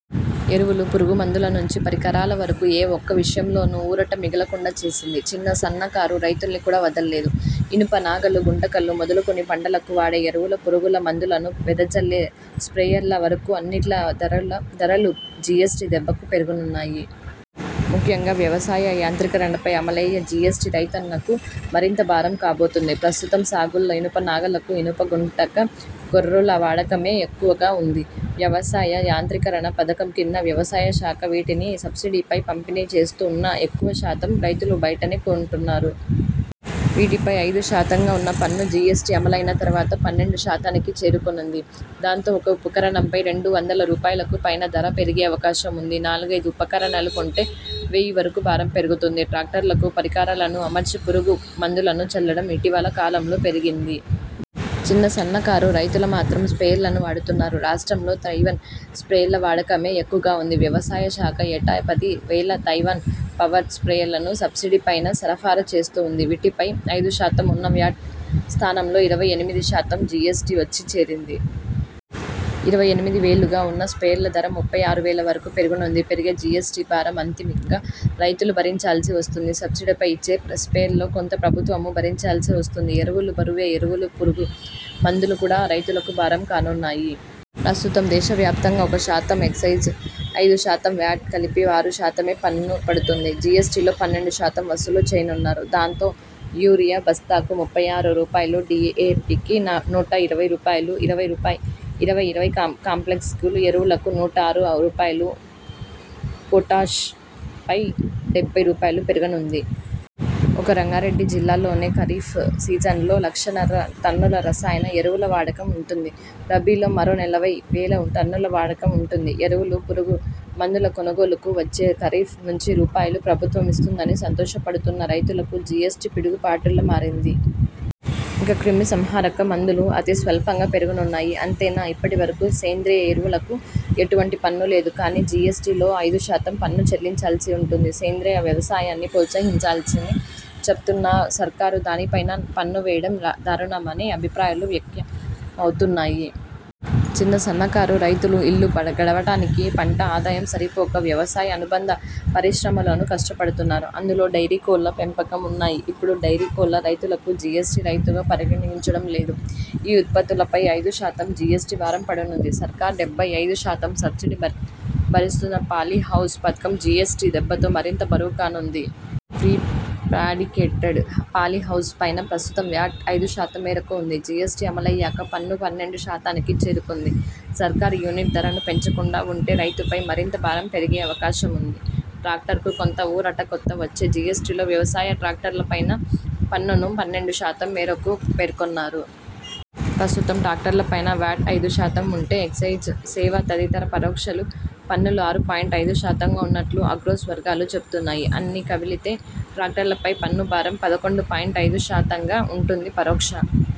ఎరువులు, పురుగు మందుల నుంచి పరికరాల వరకూ ఏ ఒక్క విషయంలోనూ ఊరట మిగలకుండా చేసింది. చిన్న సన్నకారు రైతుల్ని కూడా వదల్లేదు. ఇనుప నాగళ్లు, గుంటకలు మొదలుకుని పంటలకు వాడే ఎరువులు, పురుగుల మందులను వెదజల్లే స్ర్పేయర్ల వరకూ అన్నింటి ధరలూ జీఎ్సటీ దెబ్బకు పెరగనున్నాయి. ముఖ్యంగా వ్యవసాయ యాంత్రీకరణపై అమలయ్యే జీఎస్టీ రైతన్నకు మరింత భారం కాబోతోంది. ప్రస్తుతం సాగులో ఇనుప నాగళ్లు, ఇనుప గుంటక, గొర్రుల వాడకమే ఎక్కువగా ఉంది. వ్యవసాయ యాంత్రీకరణ పథకం కింద వ్యవసాయ శాఖ వీటిని సబ్సిడీపై పంపిణీ చేస్తూ ఉన్నా ఎక్కువ శాతం రైతులు బయటనే కొంటున్నారు. వీటిపై ఐదు శాతంగా ఉన్న పన్ను జీఎస్టీ అమలైన తర్వాత పన్నెండు శాతానికి చేరుకోనుంది దాంతో ఒక్కో ఉపకరణంపై రెండు వందల రూపాయలుకు పైనే ధర పెరిగే అవకాశం ఉంది నాలుగైదు ఉపకరణాలు కొంటే వెయ్యి వరకు భారం పెరుగుతుంది. ట్రాక్టర్లకు పరికరాలను అమర్చి పురుగు మందులను చల్లడం ఇటీవల కాలంలో పెరిగింది. చిన్న, సన్నకారు రైతులు మాత్రం స్ర్పేయర్లనే వాడుతున్నారు. రాష్ట్రంలో తైవాన్ స్ర్పేయర్ల వాడకమే ఎక్కువగా ఉంది. వ్యవసాయ శాఖ ఏటా పది వేల తైవాన్ పవర్ స్ర్పేయర్లను సబ్సిడీ పైన సరఫరా చేస్తూ ఉంది. వీటిపై ఐదు శాతం ఉన్న వ్యాట్ స్థానంలో ఇరవై ఎనిమిది శాతం జీఎ్సటీ వచ్చి చేరింది. ఇరవై ఎనిమిది వేలుగా ఉన్న స్ర్పేయర్ల ధర ముప్పై ఆరు వేల వరకు పెరగనుంది. పెరిగే జీఎస్టీ భారం అంతిమంగా రైతులు భరించాల్సి వస్తుంది. సబ్సిడీపై ఇచ్చే స్ర్పేయర్లలో కొంత ప్రభుత్వమూ భరించాల్సి వస్తుంది. ఎరువులూ బరువే ఎరువులు, పురుగు మందులు కూడా రైతులకు భారం కానున్నాయి. ప్రస్తుతం దేశవ్యాప్తంగా ఒక శాతం ఎక్సైజ్, ఐదు శాతం వ్యాట్ కలిపి ఆరు శాతమే పన్ను పడుతోంది. జీఎస్టీలో పన్నెండు శాతం వసూలు చేయనున్నారు. దాంతో, యూరియా బస్తాకు ముప్పై ఆరు రూపాయలు డీఏపీకి నూట ఇరవై రూపాయలు ఇరవై రూప ఇరవై ఇరవై కాంప్లెక్స్ ఎరువులకు నూట ఆరు రూపాయలు పొటాష్ పై డెబ్బై రూపాయలు పెరగనుంది. ఒక్క రంగారెడ్డి జిల్లాలోనే ఖరీఫ్ సీజన్లో లక్షన్నర టన్నుల రసాయన ఎరువుల వాడకం ఉంటుంది. రబీలో మరో నలభై వేల టన్నుల వాడకం ఉంటుంది. ఎరువులు, పురుగు మందుల కొనుగోలుకు వచ్చే ఖరీఫ్ నుంచి రూపాయలు. ప్రభుత్వం ఇస్తుందని సంతోషపడుతున్న రైతులకు, జీఎస్టీ పిడుగు పాటులా మారింది. ఇక, క్రిమి సంహారక మందులు అతి స్వల్పంగా పెరగనున్నాయి. అంతేనా, ఇప్పటి వరకూ సేంద్రియ ఎరువులకు ఎటువంటి పన్ను లేదు. కానీ, జీఎస్టీ లో ఐదు శాతం పన్ను చెల్లించాల్సి ఉంటుంది. సేంద్రియ వ్యవసాయాన్ని ప్రోత్సహించాలని చెబుతున్న సర్కారు దానిపైనా పన్ను వేయడం దారుణమనే అభిప్రాయాలు వ్యక్తమవుతున్నాయి. చిన్న, సన్నకారు రైతులు ఇల్లు గడవటానికి పంట ఆదాయం సరిపోక వ్యవసాయ అనుబంధ పరిశ్రమల్లోనూ కష్టపడుతున్నారు. అందులో డెయిరీ, కోళ్ల పెంపకం ఉన్నాయి. ఇప్పుడు డెయిరీ, కోళ్ల రైతులను జీఎస్టీ రైతుగా పరిగణించడం లేదు. ఈ ఉత్పత్తులపై ఐదు శాతం జీఎస్టీ భారం పడనుంది. సర్కారు డెబ్బై ఐదు శాతం సబ్సిడీ భరిస్తున్నా పాలీహౌస్ పథకం జీఎస్టీ దెబ్బతో మరింత బరువు కానుంది. ప్రీ ఫ్యాబ్రికేటెడ్ పాలీ హౌస్ పైన ప్రస్తుతం వ్యాట్ ఐదు శాతం మేరకు ఉంది. జీఎస్టీ అమలయ్యాక పన్ను పన్నెండు శాతానికి చేరుకోనుంది. సర్కారు యూనిట్ ధరను పెంచకుండా ఉంటే రైతుపై మరింత భారం పెరిగే అవకాశం ఉంది. ట్రాక్టర్కు కొంత ఊరట కొత్తగా వచ్చే జీఎస్టీలో వ్యవసాయ ట్రాక్టర్ల పైన పన్నును పన్నెండు శాతం మేరకు పేర్కొన్నారు. ప్రస్తుతం ట్రాక్టర్ల పైన వ్యాట్ ఐదు శాతం ఉంటే., ఎక్సయిజ్, సేవా తదితర పరోక్ష పన్నులు ఆరు పాయింట్ ఐదు శాతంగా ఉన్నట్లు ఆగ్రోస్ వర్గాలు చెబుతున్నాయి. అన్నీ కలిపితే ట్రాక్టర్ల పై పన్ను భారం పదకొండు పాయింట్ ఐదు శాతంగా ఉంటుంది. పరోక్ష